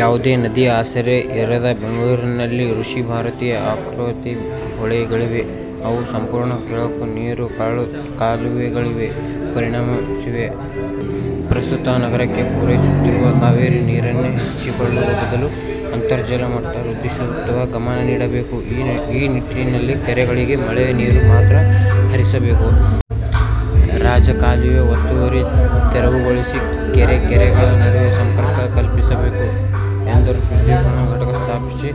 ಯಾವುದೇ ನದಿ ಆಸರೆ ಇರದ ಬೆಂಗಳೂರಿನಲ್ಲಿ ವೃಷಭಾವತಿ, ಅರ್ಕಾವತಿ ಹೊಳೆಗಳಿವೆ. ಅವು ಸಂಪೂರ್ಣ ಕೊಳಕು ನೀರು ಕಾಲುವೆಗಳಾಗಿ ಪರಿಣಮಿಸಿವೆ. ಪ್ರಸ್ತುತ ನಗರಕ್ಕೆ ಪೂರೈಸುತ್ತಿರುವ ಕಾವೇರಿ ನೀರನ್ನೇ ನೆಚ್ಚಿಕೊಳ್ಳುವ ಬದಲು ಅಂತರ್ಜಲ ಮಟ್ಟ ವೃದ್ಧಿಸುವತ್ತ ಗಮನ ನೀಡಬೇಕು. ಈ ನಿಟ್ಟಿನಲ್ಲಿ ಕೆರೆಗಳಿಗೆ ಮಳೆ ನೀರು ಮಾತ್ರ ಹರಿಸಬೇಕು. ರಾಜಕಾಲುವೆ ಒತ್ತುವರಿ ತೆರವುಗೊಳಿಸಿ ಕೆರೆ-ಕೆರೆಗಳ ನಡುವೆ ಸಂಪರ್ಕ ಕಲ್ಪಿಸಬೇಕು ಎಂದರು. ಶುದ್ಧೀಕರಣ ಘಟಕ ಸ್ಥಾಪಿಸಿ: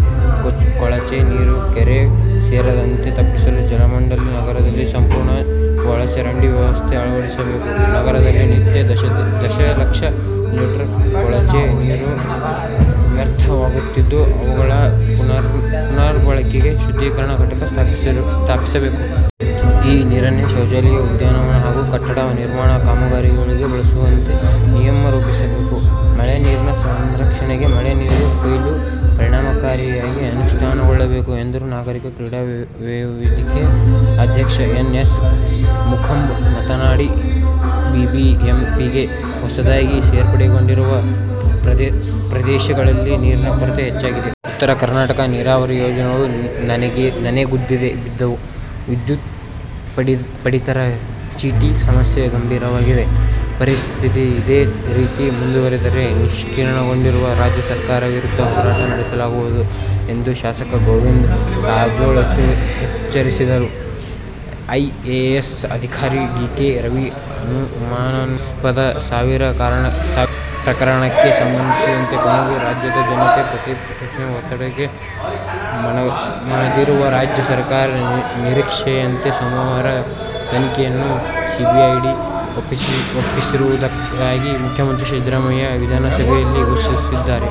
ಕೊಳಚೆ ನೀರು ಕೆರೆ ಸೇರದಂತೆ ತಪ್ಪಿಸಲು ಜಲಮಂಡಳಿ ನಗರದಲ್ಲಿ ಸಂಪೂರ್ಣ ಒಳಚರಂಡಿ ವ್ಯವಸ್ಥೆ ಅಳವಡಿಸಬೇಕು. ನಗರದಲ್ಲಿ ನಿತ್ಯ ದಶಲಕ್ಷ ಲೀಟರ್ ಕೊಳಚೆ ನೀರು ವ್ಯರ್ಥವಾಗುತ್ತಿದ್ದು, ಅವುಗಳ ಪುನರ್ಬಳಕೆಗೆ ಶುದ್ಧೀಕರಣ ಘಟಕ ಸ್ಥಾಪಿಸಬೇಕು. ಈ ನೀರನ್ನೇ ಶೌಚಾಲಯ, ಉದ್ಯಾನವನ ಹಾಗೂ ಕಟ್ಟಡ ನಿರ್ಮಾಣ ಕಾಮಗಾರಿಗಳಿಗೆ ಬಳಸುವಂತೆ ನಿಯಮ ರೂಪಿಸಬೇಕು. ಮಳೆ ನೀರಿನ ಸಂರಕ್ಷಣೆಗೆ ಮಳೆ ನೀರು ಕೊಯ್ಲು ಪರಿಣಾಮಕಾರಿಯಾಗಿ ಅನುಷ್ಠಾನಗೊಳ್ಳಬೇಕು ಎಂದರು. ನಾಗರಿಕ ಕ್ರಿಯಾ ವೇದಿಕೆ ಅಧ್ಯಕ್ಷ ಎನ್. ಎಸ್. ಮುಕುಂದ ಮಾತನಾಡಿ, ಬಿಬಿಎಂಪಿಗೆ ಹೊಸದಾಗಿ ಸೇರ್ಪಡೆಗೊಂಡಿರುವ ಪ್ರದೇಶಗಳಲ್ಲಿ ನೀರಿನ ಕೊರತೆ ಹೆಚ್ಚಾಗಿದೆ. ಉತ್ತರ ಕರ್ನಾಟಕದ ನೀರಾವರಿ ಯೋಜನೆಗಳು ನನೆಗುದಿಗೆ ಬಿದಿದ್ದು, ವಿದ್ಯುತ್, ಪಡಿತರ ಚೀಟಿ ಸಮಸ್ಯೆ ಗಂಭೀರವಾಗಿವೆ. ಪರಿಸ್ಥಿತಿ ಇದೇ ರೀತಿ ಮುಂದುವರೆದರೆ ನಿಷ್ಕ್ರಿಯಗೊಂಡಿರುವ ರಾಜ್ಯ ಸರ್ಕಾರದ ವಿರುದ್ಧ ಹೋರಾಟ ನಡೆಸಲಾಗುವುದು ಎಂದು ಶಾಸಕ ಗೋವಿಂದ ಕಾರಜೋಳ ಎಚ್ಚರಿಸಿದರು. ಐಎಎಸ್ ಅಧಿಕಾರಿ ಡಿ. ಕೆ. ರವಿ ಅನುಮಾನಾಸ್ಪದ ಸಾವಿನ ಪ್ರಕರಣಕ್ಕೆ ಸಂಬಂಧಿಸಿದಂತೆ ಕೊನೆಗೂ ರಾಜ್ಯದ ಜನತೆ, ಪ್ರತಿಪಕ್ಷಗಳ ಒತ್ತಡಕ್ಕೆ ಮಣಿದಿರುವ ರಾಜ್ಯ ಸರ್ಕಾರ ನಿರೀಕ್ಷೆಯಂತೆ ಸೋಮವಾರ ತನಿಖೆಯನ್ನು ಸಿಬಿಐಗೆ ಒಪ್ಪಿಸಿರುವುದಾಗಿ ಮುಖ್ಯಮಂತ್ರಿ ಸಿದ್ದರಾಮಯ್ಯ ವಿಧಾನಸಭೆಯಲ್ಲಿ ಘೋಷಿಸಿದ್ದಾರೆ.